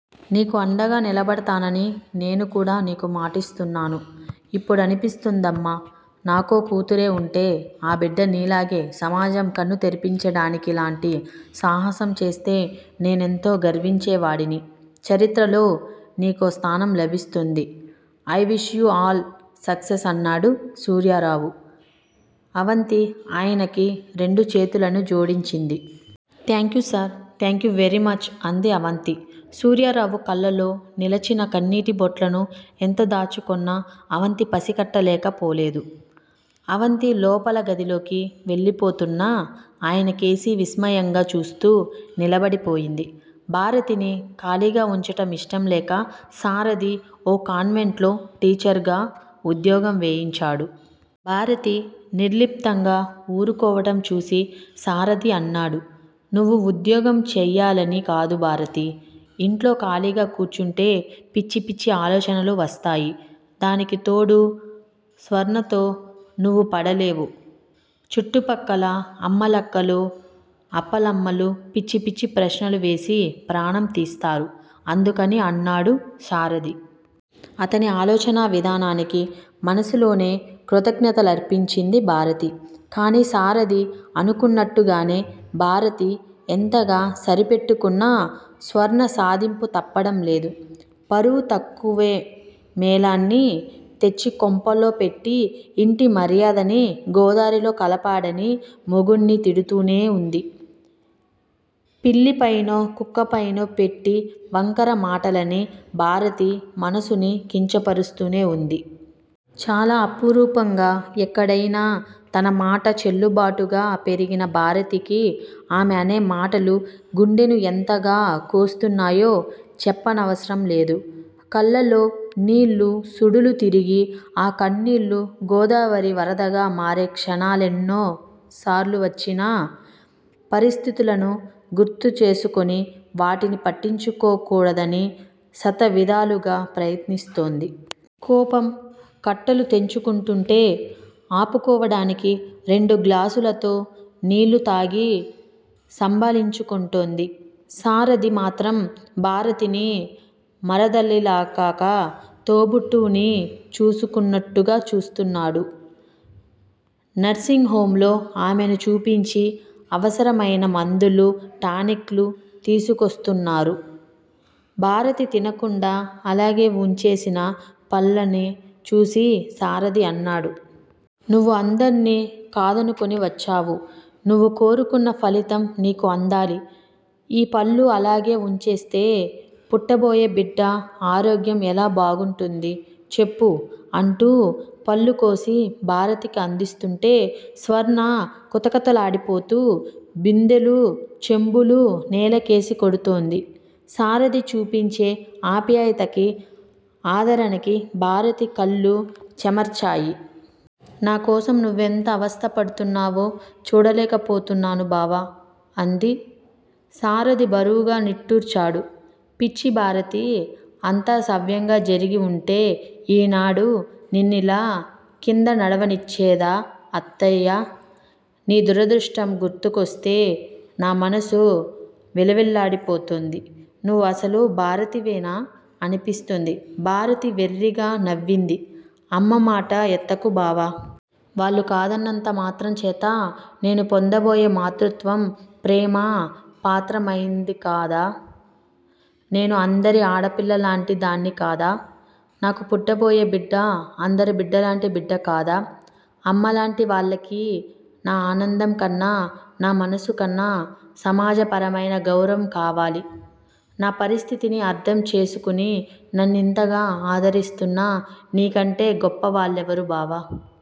నీకు అండగా నిలబడతానని నేనుకూడా నీకు మాటిస్తున్నాను. ఇప్పుడనిపిస్తోందమ్మా. నాకో కూతురే వుంటే, ఆ బిడ్డ నీలాగే సమాజం కన్ను తెరిపించడానికిలాంటి సాహసం చేస్తే నేనెంతో గర్వించేవాడిని. చరిత్రలో నీకో స్థానం లభిస్తుంది. I wish you all success అన్నాడు సూర్యారావు. అవంతి ఆయనకి రెండు చేతులనీ జోడించింది. Thank you sir. థాంక్యూ వేరీమచ్ అంది అవంతి. సూర్యారావు కళ్ళలో నిలచిన కన్నీటి బొట్లని ఎంత దాచుకొన్నా అవంతి పసికట్టకపోలేదు. అవంతి లోపల గదిలోకి వెళ్ళిపోతున్న ఆయనకేసి విస్మయంగా చూస్తూ నిలబడిపోయింది. భారతిని ఖాళీగా వుంచడం ఇష్టంలేక సారధి ఓ కాన్వెంట్ లో టీచర్ గా ఉద్యోగం వేయించాడు. భారతి నిర్లిప్తంగా వూరుకోవడం చూసి సారధి అన్నాడు. నువ్వు ఉద్యోగం చెయ్యాలని కాదు భారతీ! ఇంట్లో ఖాళీగా కూర్చుంటే పిచ్చిపిచ్చి ఆలోచనలు వస్తాయి. దానికితోడు స్వర్ణతో నువ్వు పడలేవు, చుట్టుపక్కల అమ్మలక్కలు, అప్పలమ్మలు పిచ్చి పిచ్చి ప్రశ్నలు వేసి ప్రాణం తీస్తారు. అందుకని అన్నాడు సారధి. అతని ఆలోచనా విధానానికి మనసులోనే కృతజ్ఞతలర్పించింది భారతి. కానీ సారధి అనుకున్నట్టుగానూ, భారతి ఎంతగా సరిపెట్టుకున్నా స్వర్ణ సాధింపు తప్పడం లేదు. పరువు తక్కువ మేళాన్ని తెచ్చికొంపలో పెట్టి ఇంటి మర్యాదని గోదారిలో కలిపాడని మొగుడ్ని తిడుతూనే వుంది. పిల్లిపైనో కుక్కపైనో పెట్టి వంకర మాటలని భారతి మనసుని కించపరుస్తూనే వుంది. చాలా అపురూపంగా, ఎక్కడయినా తన మాట చెల్లుబాటుగా పెరిగిన భారతికి ఆమె అనే మాటలు గుండెని ఎంతగా కోస్తున్నాయో చెప్పనవసరం లేదు. కళ్ళలో నీళ్ళు సుడులు తిరిగి ఆ కన్నీళ్ళు గోదావరి వరదగా మారే క్షణాలెన్నోసార్లు వచ్చినా, పరిస్థితులని గుర్తుచేసుకొని వాటిని పట్టించుకోకూడదని శతవిధాలుగా ప్రయత్నిస్తోంది. కోపం కట్టలు తెంచుకొంటుంటే ఆపుకోడానికి రెండు గ్లాసులతో నీళ్ళు తాగి సంభాళించుకుంటోంది. సారథి మాత్రం భారతిని మరదలిలాకాక తోబుట్టువుని చూసుకొంటున్నట్టుగా చూస్తున్నాడు. నర్శింగ్ హోమ్ లో ఆమెని చూపించి అవసరమైన మందులు, టానిక్కులు తీసుకొస్తున్నారు. భారతి తినకుండా అలాగే వుంచేసిన పళ్ళని చూసి సారధి అన్నాడు. నువ్వు అందర్నీ కాదనుకుని వచ్చావు. నవ్వు కోరుకున్న ఫలితం నీకు అందాలి. ఈ పళ్ళు అలాగే వుంచేస్తే పుట్టబోయే బిడ్డ ఆరోగ్యం ఎలా బాగుంటుంది చెప్పు అంటూ పళ్ళుకోసి భారతికి అందిస్తుంటే స్వర్ణ కుతకుతలాడిపోతూ బిందెలూ చెంబులూ నేలకేసి కొడుతోంది. సారధి చూపించే ఆప్యాయతకీ, ఆదరణకీ భారతి కళ్ళు చెమర్చాయి. నాకోసం నువ్వెంత అవస్థపడుతున్నావో చూడలేకపోతున్నాను బావ! అంది. సారధి బరువుగా నిట్టూర్చాడు. పిచ్చి భారతీ, అంతా సవ్యంగా జరిగివుంటే ఈనాడు నిన్నిలా కిందనడవనిచ్చేదా అత్తయ్య? నీ దురదృష్టం గుర్తుకొస్తే నా మనసు విలవిల్లాడిపోతుంది. నువ్వు అసలు భారతివేనా? అనిపిస్తోంది! భారతి వెర్రిగా నవ్వింది. అమ్మ మాట ఎత్తకు బావా! వాళ్ళు కాదన్నంతమాత్రంచేత నేను పొందబోయే మాతృత్వం ప్రేమ పాత్రమైందికాదా? నేను అందరి ఆడపిల్లలలాంటి దాన్ని కాదా? నాకు పుట్టబోయే బిడ్డ అందరి బిడ్డలాంటి బిడ్డ కాదా? అమ్మలాంటి వాళ్ళకి నా ఆనందం కన్నా, నా మనసుకన్నా సమాజపరమైన గౌరవం కావాలి! నా పరిస్థితిని అర్థం చేసుకుని నన్నింతగా ఆదరిస్తున్న నీకంటే గొప్పవాళ్ళెవరు బావా!